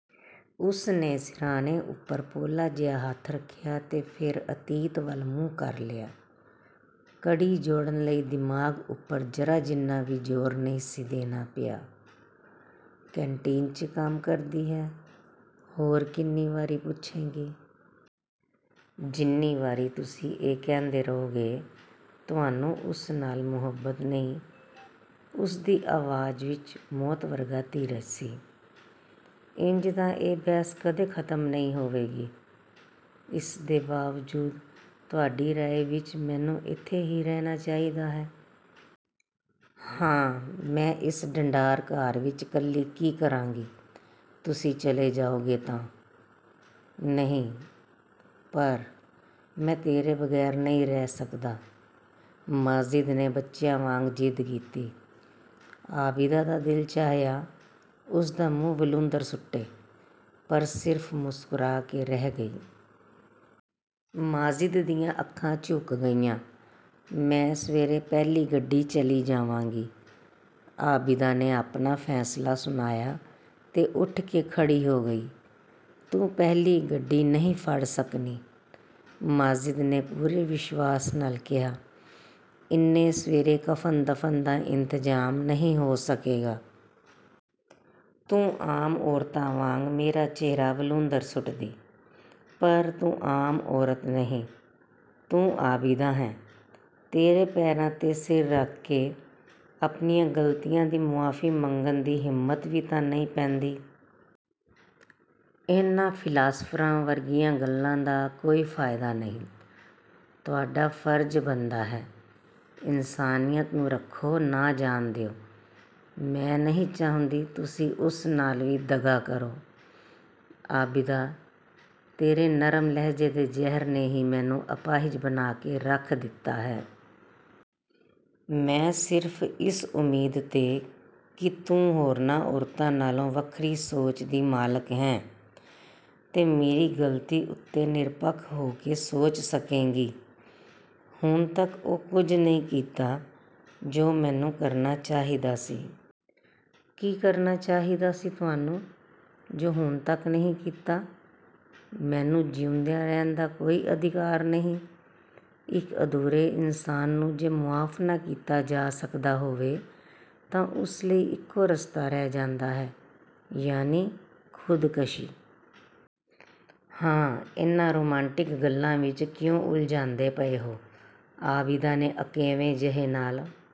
ਉਸਨੇ ਸਿਰਹਾਣੇ ਉੱਪਰ ਪੋਲਾ ਜਿਹਾ ਹੱਥ ਰੱਖਿਆ ਤੇ ਫਿਰ ਅਤੀਤ ਵੱਲ ਮੂੰਹ ਕਰ ਲਿਆ। ਕੜੀ ਜੋੜਨ ਲਈ ਦਿਮਾਗ਼ ਉੱਪਰ ਜ਼ਰਾ ਜਿੰਨਾ ਵੀ ਜ਼ੋਰ ਨਹੀਂ ਸੀ ਦੇਣਾ ਪਿਆ।"ਕੈਨਟੀਨ 'ਚ ਕੰਮ ਕਰਦੀ ਹੈ?" "ਹੋਰ ਕਿੰਨੀ ਵਾਰੀ ਪੁੱਛੇਂਗੀ?" "ਜਿੰਨੀ ਵਾਰੀ ਤੁਸੀਂ ਇਹ ਕਹਿੰਦੇ ਰਹੋਗੇ, ਤੁਹਾਨੂੰ ਉਸ ਨਾਲ ਮੁਹੱਬਤ ਨਹੀਂ।" ਉਸਦੀ ਆਵਾਜ਼ ਵਿੱਚ ਮੌਤ ਵਰਗਾ ਧੀਰਜ ਸੀ।"ਇੰਜ ਤਾਂ ਇਹ ਬਹਿਸ ਕਦੇ ਖ਼ਤਮ ਨਹੀਂ ਹੋਵੇਗੀ।" "ਇਸ ਦੇ ਬਾਵਜੂਦ ਤੁਹਾਡੀ ਰਾਏ ਵਿੱਚ ਮੈਨੂੰ ਇੱਥੇ ਹੀ ਰਹਿਣਾ ਚਾਹੀਦਾ ਹੈ?" "ਹਾਂ।" "ਮੈਂ ਇਸ ਢੰਢਾਰ ਘਰ ਵਿੱਚ 'ਕੱਲੀ ਕੀ ਕਰਾਂਗੀ? ਤੁਸੀਂ ਚਲੇ ਜਾਓਗੇ ਤਾਂ।" "ਨਹੀਂ।" "ਪਰ।" "ਮੈਂ ਤੇਰੇ ਬਗ਼ੈਰ ਨਹੀਂ ਰਹਿ ਸਕਦਾ।" ਮਾਜਿਦ ਨੇ ਬੱਚਿਆਂ ਵਾਂਗ ਜ਼ਿੱਦ ਕੀਤੀ। ਆਬਿਦਾ ਦਾ ਦਿਲ ਚਾਹਿਆ, ਉਸ ਦਾ ਮੂੰਹ ਵਲੂੰਧਰ ਸੁੱਟੇ, ਪਰ ਸਿਰਫ ਮੁਸਕੁਰਾ ਦੇ ਰਹਿ ਗਈ। ਮਾਜਿਦ ਦੀਆਂ ਅੱਖਾਂ ਝੁਕ ਗਈਆਂ। "ਮੈਂ ਸਵੇਰੇ ਪਹਿਲੀ ਗੱਡੀ ਚਲੀ ਜਾਵਾਂਗੀ।" ਆਬਿਦਾ ਨੇ ਆਪਣਾ ਫ਼ੈਸਲਾ ਸੁਣਾਇਆ ਤੇ ਉੱਠ ਕੇ ਖੜ੍ਹੀ ਹੋ ਗਈ। "ਤੂੰ ਪਹਿਲੀ ਗੱਡੀ ਨਹੀਂ ਫੜ ਸਕਣੀ।" ਮਾਜਿਦ ਨੇ ਪੂਰੇ ਵਿਸ਼ਵਾਸ ਨਾਲ ਕਿਹਾ, "ਇੰਨੇ ਸਵੇਰੇ ਕਫ਼ਨ-ਦਫ਼ਨ ਦਾ ਇੰਤਜ਼ਾਮ ਹੀ ਨਹੀਂ ਹੋ ਸਕੇਗਾ।" ਤੂੰ ਆਮ ਔਰਤਾਂ ਵਾਂਗ ਮੇਰਾ ਚਿਹਰਾ ਵਲੂੰਧਰ ਸੁੱਟਦੀ। ਪਰ ਤੂੰ ਆਮ ਔਰਤ ਨਹੀਂ। ਤੂੰ ਆਬਿਦਾ ਹੈਂ। ਤੇਰੇ ਪੈਰਾਂ 'ਤੇ ਸਿਰ ਰੱਖ ਕੇ ਆਪਣੀਆਂ ਗ਼ਲਤੀਆਂ ਦੀ ਮੁਆਫ਼ੀ ਮੰਗਣ ਦੀ ਹਿੰਮਤ ਵੀ ਤਾਂ ਨਹੀਂ ਪੈਂਦੀ।" "ਇਹਨਾਂ ਫ਼ਿਲਾਸਫ਼ਰਾਂ ਵਰਗੀਆਂ ਗੱਲਾਂ ਦਾ ਕੋਈ ਫ਼ਾਇਦਾ ਨਹੀਂ। ਤੁਹਾਡਾ ਫ਼ਰਜ਼ ਬਣਦਾ ਹੈ, ਇਨਸਾਨੀਅਤ ਨੂੰ ਹੱਥੋਂ ਨਾ ਜਾਣ ਦਿਓ। ਮੈਂ ਨਹੀਂ ਚਾਹੁੰਦੀ ਤੁਸੀਂ ਉਸ ਨਾਲ ਵੀ ਦਗ਼ਾ ਕਰੋ।" "ਆਬਿਦਾ, ਤੇਰੇ ਨਰਮ ਲਹਿਜੇ ਦੇ ਜ਼ਹਿਰ ਨੇ ਹੀ ਮੈਨੂੰ ਅਪਾਹਿਜ ਬਣਾ ਕੇ ਰੱਖ ਦਿੱਤਾ ਹੈ। ਮੈਂ ਸਿਰਫ ਇਸ ਉਮੀਦ 'ਤੇ ਕਿ ਤੂੰ ਹੋਰਨਾਂ ਔਰਤਾਂ ਨਾਲੋਂ ਵੱਖਰੀ ਸੋਚ ਦੀ ਮਾਲਕ ਹੈਂ ਤੇ ਮੇਰੀ ਗ਼ਲਤੀ ਉੱਤੇ ਨਿਰਪੱਖ ਹੋ ਕੇ ਸੋਚ ਸਕੇਂਗੀ, ਹੁਣ ਤੱਕ ਉਹ ਕੁਝ ਨਹੀਂ ਕੀਤਾ ਜੋ ਮੈਨੂੰ ਕਰਨਾ ਚਾਹੀਦਾ ਸੀ।" "ਕੀ ਕਰਨਾ ਚਾਹੀਦਾ ਸੀ ਤੁਹਾਨੂੰ, ਜੋ ਹੁਣ ਤੱਕ ਨਹੀਂ ਕੀਤਾ?" "ਮੈਨੂੰ ਜਿਉਂਦਿਆਂ ਰਹਿਣ ਦਾ ਕੋਈ ਅਧਿਕਾਰ ਨਹੀਂ। ਇੱਕ ਅਧੂਰੇ ਇਨਸਾਨ ਨੂੰ ਜੇ ਮੁਆਫ਼ ਨਾ ਕੀਤਾ ਜਾ ਸਕਦਾ ਹੋਵੇ ਤਾਂ ਉਸ ਲਈ ਇੱਕੋ ਰਸਤਾ ਰਹਿ ਜਾਂਦਾ ਹੈ" "ਯਾਨੀ, ਖੁਦਕਸ਼ੀ?" "ਹਾਂ।" "ਇਹਨਾਂ ਰੁਮਾਂਟਿਕ ਗੱਲਾਂ ਵਿੱਚ ਕਿਉਂ ਉਲਝਾਂਦੇ ਪਏ ਹੋ" ਆਬਿਦਾ ਨੇ ਅਕੇਵੇਂ ਜਿਹੇ ਨਾਲ